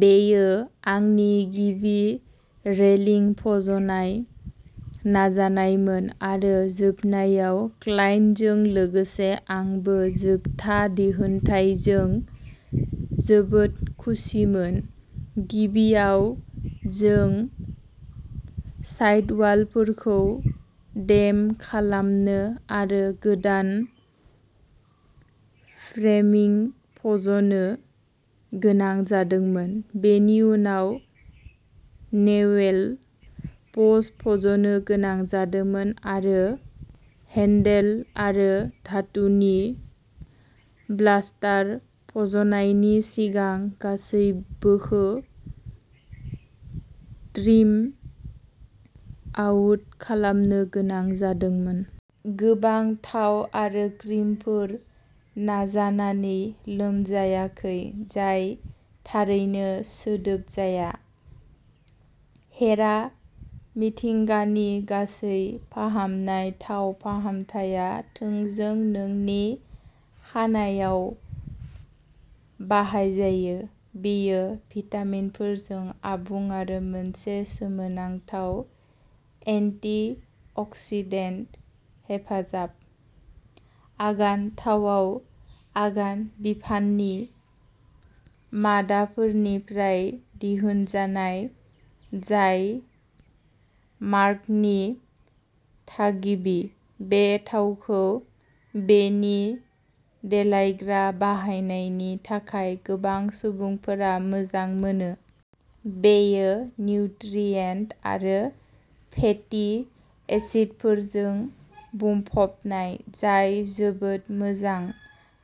बेयो आंनि गिबि रेलिं फज'नाय नाजानायमोन आरो जोबनायाव, क्लाइन्टजों लोगोसे आंबो जोबथा दिहुनथायजों जोबोद खुसिमोन। गिबियाव जों साइडवालफोरखौ डेम'खालामनो आरो गोदान फ्रेमिं फज'नो गोनां जादोंमोन, बेनि उनाव नेवेल पस्ट फज'नो गोनां जादोंमोन आरो हेन्ड्रेल आरो धातुनि बालास्टार फज'नायनि सिगां गासैबोखौ ट्रिम आउट खालामनो गोनां जादोंमोन। गोबां थाव आरो क्रिमफोर नाजानानै लोमजायाखै जाय थारैनो सिदोब जाया? हेरा मिथिंगानि गासै फाहामनाय थाव फाहामथाया थोंजों नोंनि खानाइआव बाहायजायो। बेयो भिटामिनफोरजों आबुं आरो मोनसे सोमोनांथाव एन्टि-अक्सिडेन्ट हेफाजाब! आर्गान थावआ आर्गान बिफांनि मादाफोरनिफ्राय दिहुनजानाय जाय मरक्क'नि थागिबि, बे थावखौ बेनि देलायग्रा बाहायनायनि थाखाय गोबां सुबुंफोरा मोजां मोनो। बेयो निउट्रियेन्ट आरो फेटि एसिडफोरजों बुंफबनाय जाय जोबोद मोजां।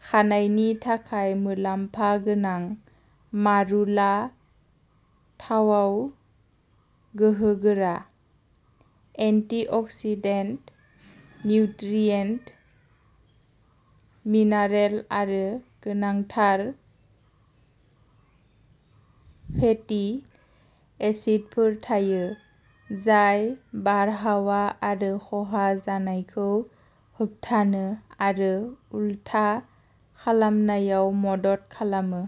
खानाइनि थाखाय मुलाम्फा गोनां। मारुला थावाव गोहोगोरा एन्टिअक्सिडेन्ट, निउट्रियेन्ट, मिनारेल आरो गोनांथार फेटि एसिडफोर थायो, जाय बारहावा आरो खहा जानायखौ होबथानो आरो उलथा खालामनायाव मदद खालामो।